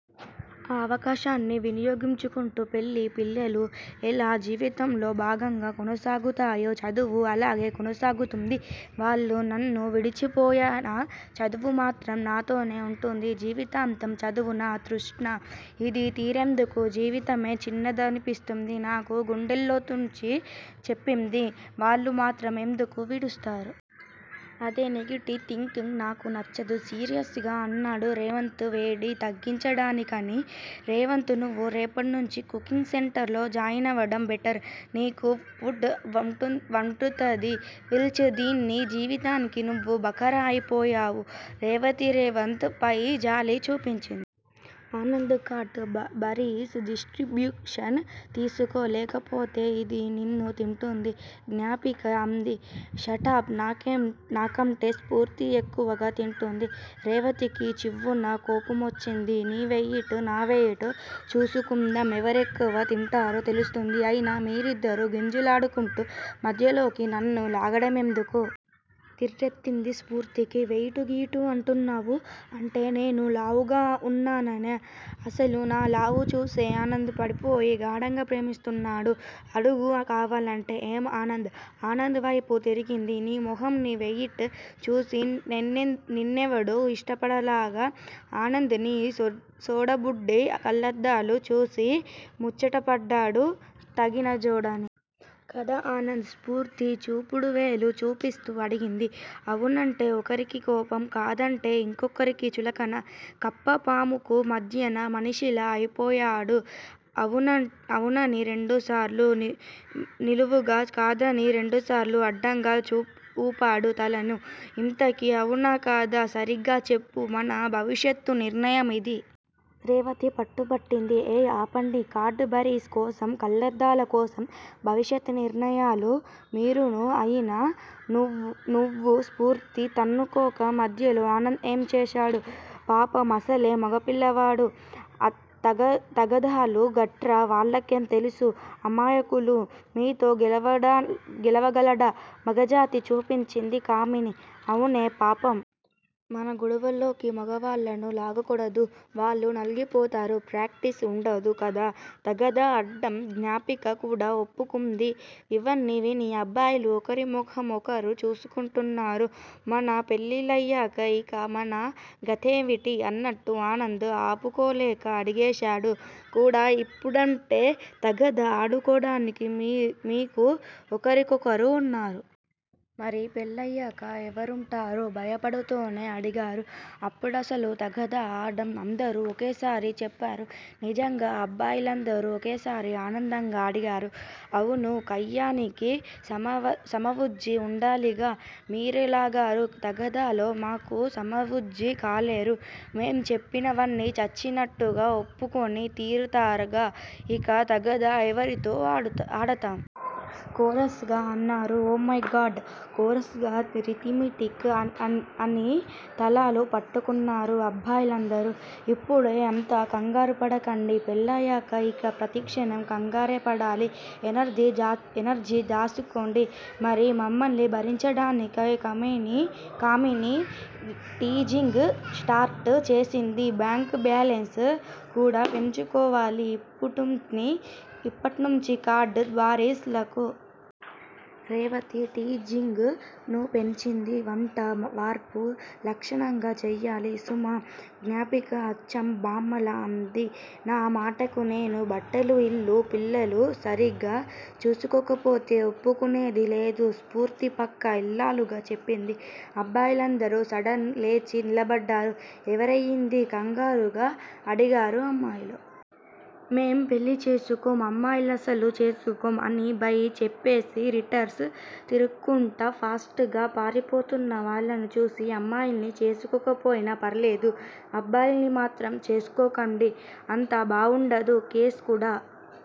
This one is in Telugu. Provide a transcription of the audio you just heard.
ఆ అవకాశాన్ని వినియోగించుకుంటూ పెళ్ళి, పిల్లలూ ఎలా జీవితంలో భాగంగా కొనసాగుతాయో చదువూ అలానే కొనసాగుతుంది. వాళ్ళు నన్ను విడిచిపోయినా చదువు మాత్రం నాతోనే ఉంటుంది జీవితాంతం! చదువు నా తృష్ణ! ఇది తీరేందుకు జీవితమే చిన్నదనిపిస్తుంది నాకు! గుండెలోతుల్లోంచి చెప్పింది. వాళ్ళు మాత్రం ఎందుకు విడుస్తారు? అదే నెగటివ్ థింకింగ్ నాకు నచ్చదు! సీరియస్ గా అన్నాడు రేవంత్ వేడి తగ్గించడానికని. రేవంత్ నువ్వు రేపట్నుంచీ కుకింగ్ సెంటర్ లో జాయినవడం బెటర్! నీకు పుడ్ వంటుదిది! ష్చ్! దీన్ని జీవితానికి నువ్వు బకరా అయిపోయావు! రేవతి రేవంత్ పై జాలి చూపించి. ఆనంద్ కాడ్ బరీస్ డిస్ట్రిబ్యూషన్ తీసుకో! లేపోతే ఇది నిన్నూ తింటూంది! జ్ఞాపిక అంది. షటప్! నాకంటే స్ఫూర్తి ఎక్కువగా తింటుంది! రేవతికి చివ్వున కోపమొచ్చింది. నీ వెయిటూ, నా వెయిటూ చూసుకుందాం. ఎవరెక్కువ తింటారో తెలుస్తుంది! అయినా మీ ఇద్దరూ గింజులాడుకుంటూ మధ్యలోకి నన్ను లాగడమెందుకు? తిర్రెత్తింది స్ఫూర్తికి. వెయిటూ, గియిటూ అంటున్నావు? అంటే నేను లావుగా ఉన్నాననా? అసలు నా లావు చూసే ఆనంద్ పడిపోయి గాఢంగా ప్రేమిస్తున్నాడు! అడుగు కావాలంటే! ఏం ఆనంద్? ఆనంద్ వైపు తిరిగింది. నీ మొహంఁ నీ వెయిట్ చూసి నిన్నెవడూ ఇష్టపడలా! ఆనంద్ నీ సోడాబుడ్డీ కళ్ళద్దాలు చూసి ముచ్చటపడ్డాడు తగిన జోడని! కదా ఆనంద్?! స్ఫూర్తి చూపుడువేలు చూపిస్తూ అడిగింది. 'అవు' నంటే ఒకరికి కోపం- 'కాదం'టే ఇంకోకరికి చులకన! కప్ప, పాముకు మధ్యన మనిషిలా అయిపోయాడు. 'అవు'నని రెండుసార్లు నిలువుగా. 'కాదని' ని రెండుసార్లు అడ్డంగా ఊపాడు తలను. ఇంతకీ అవునా, కాదా సరిగా చెప్పు! మన భవిష్యత్తు నిర్ణయమిది! రేవతి పట్టుబట్టింది. ఏయ్ఁ ఆపండి! కాడ్ బరీస్ కోసం, కళ్ళద్దాల కోసం భవిష్యత్ నిర్ణయాలూ, మీరూనూ! అయినా- నువ్వూ, స్ఫూర్తీ తన్నుకోక మధ్యలో ఆనంద్ ఏంచేశాడు? పాపం అసలే మగపిల్లాడు- తగదాలూ, గట్రా వాళ్ళకేం తెలుసు అమాయకులు?! మీతో గెలవగలడా! మగజాతి చూపించింది కామిని. అవునే పాపం! మన గొడవల్లోకి మగవాళ్ళను లాగకూడదు. వాళ్ళు నలిగిపోతారు. ప్రాక్టీస్ ఉండదు కదా తగాదా అడ్డం! జ్ఞాపిక కూడా ఒప్పుకుంది. ఇవన్నీ విని అబ్బాయిలు ఒకరి మొహం ఒకరు చూసుకుంటున్నారు 'మన పెళ్ళిళ్లయ్యాక ఇక మన గతేవిటీ?! ' అన్నట్టు. ఆనంద్ ఆపుకోలేక అడిగేశాడు కూడా- ఇప్పుడంటే తగదా ఆడుకోవడానికి మీకు ఒకరికొకరు ఉన్నారు. మరి, పెళ్ళయ్యాక ఎవరుంటారు? భయపడుతూనే అడిగారు. అప్పుడసలు తగాదా ఆడం! అందరూ ఒకేసారి చెప్పారు. నిజంగా?! అబ్బాయిలందరూ ఒకేసారి అనందంగా అడిగారు. అవును కయ్యానికి సమవుజ్జీ ఉండాలిగా! మీరెలాగూ తగదాలో మాకు సమవుజ్జీ కాలేరు. మేం చెప్పినవన్నీ చచ్చినట్టుగా ఒప్పుకుని తీరతారుగా! ఇక, తగదా ఎవరితో ఆడతాం?! కోరస్ గా అన్నారు. Oh my God! కోరస్ గా, రిథమటిక్ అని తలలు పట్టుకున్నారు అబ్బాయిలందరూ! ఇప్పుడే అంత కంగారుపడకండి! పెళ్ళిళ్లయ్యాక ఇక ప్రతిక్షణం కంగారేపడాలి. ఎనర్జీ దాచుకోండి మరి మమ్మల్ని భరించడానికి! కామిని టీజింగ్ స్టార్ట్ చేసింది. బాంక్ బ్యాలెన్స్ కూడా పెంచుకోవాలి ఇప్పట్నుంచీ కాడ్ బరీస్ లకు! రేవతి టిజింగ్ ను పెంచింది. వంటా, వార్పూ లక్షణంగా చెయ్యాలి సుమా! జ్ఞాపిక అచ్చం బామ్మలా అంది. నా మటుకు నేను బట్టలూ, ఇల్లూ, పిల్లలూ సరిగా చూసుకోకపోతే ఒప్పుకునేది లేదు! స్ఫూర్తి పక్కా ఇల్లాలులాగా చెప్పింది. అబ్బాయిలందరూ సడన్ లేచి నిలబడ్డారు! ఎవయిందీ కంగారుగా అడిగారు అమ్మాయిలు. మేం పెళ్ళిచేసుకోం! అమ్మాయిల్నసలు చేసుకోం!! అని, బై చెప్పేసి రిటర్స్ తిరక్కుండా ఫాస్ట్ గా పారిపోతున్న వాళ్ళను చూసి, అమ్మాయిల్ని చేసుకోకపోయినా పర్లేదు! అబ్బాయిల్ని మాత్రం చేసుకోకండి! అంత బావుండదు. కేస్ కూడా